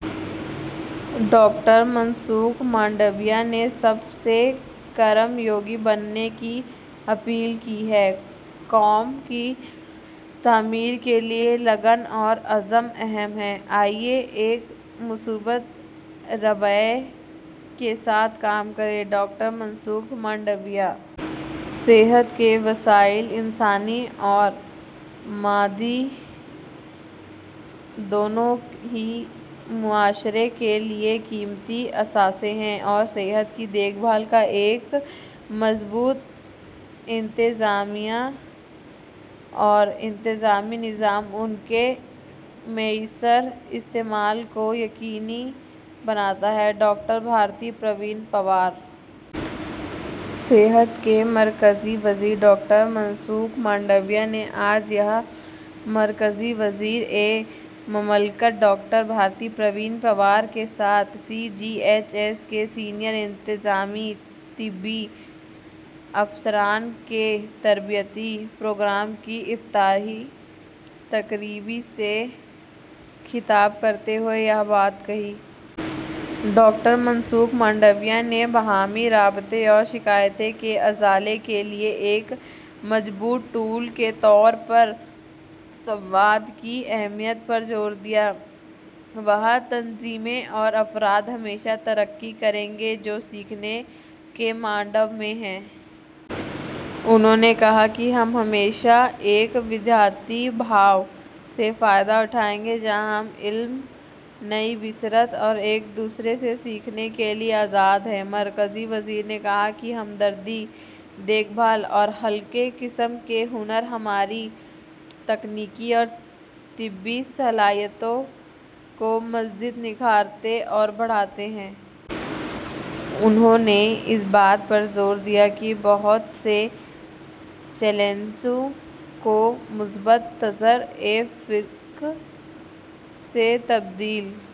Doctor Mansukh Mandaviya نے سب سے کرم یوگی بننے کی اپیل کی ہے۔ ''قوم کی تعمیر کے لیے لگن اور عزم اہم ہے۔'' آئیے ایک مثبت ''رویہ'' کے ساتھ کام کریں: ڈاکٹر منسکھ مانڈویا۔ صحت کے وسائل، انسانی اور مادی، دونوں ہی معاشرے کے لیے قیمتی اثاثے ہیں اور صحت کی دیکھ بھال کا ایک مضبوط انتظامیہ اور انتظامی نظام ان کے مؤثر استعمال کو یقینی بناتا ہے: ڈاکٹر بھارتی پروین پوار۔ صحت کے مرکزی وزیر ڈاکٹر منسکھ مانڈویا نے آج یہاں مرکزی وزیر مملکت ڈاکٹر بھارتی پروین پوار کے ساتھ سی جی ایچ ایس کے سینئر انتظامی طبی افسران کے تربیتی پروگرام کی افتتاحی تقریب سے خطاب کرتے ہوئے یہ بات کہی۔ ڈاکٹر منسکھ مانڈویا نے باہمی رابطے اور شکایات کے ازالے کے لیے ایک مضبوط ٹول کے طور پر ''سمواد'' کی اہمیت پر زور دیا۔ ''وہ تنظیمیں اور افراد ہمیشہ ترقی کریں گے جو سیکھنے کے موڈ میں ہیں۔'' انہوں نے کہا کہ ہم ہمیشہ ایک ''ودیارتھی بھاو'' سے فائدہ اٹھائیں گے، جہاں ہم علم، نئی بصیرت اور ایک دوسرے سے سیکھنے کے لیے آزاد ہیں۔ مرکزی وزیر نے کہا کہ ہمدردی، دیکھ بھال اور ہلکے قسم کے ہنر ہماری تکنیکی اور طبی صلاحیتوں کو مزید نکھارتے اور بڑھاتے ہیں۔ انہوں نے اس بات پر زور دیا کہ بہت سے چیلنجوں کو مثبت طرزِ فکر سے تبدیل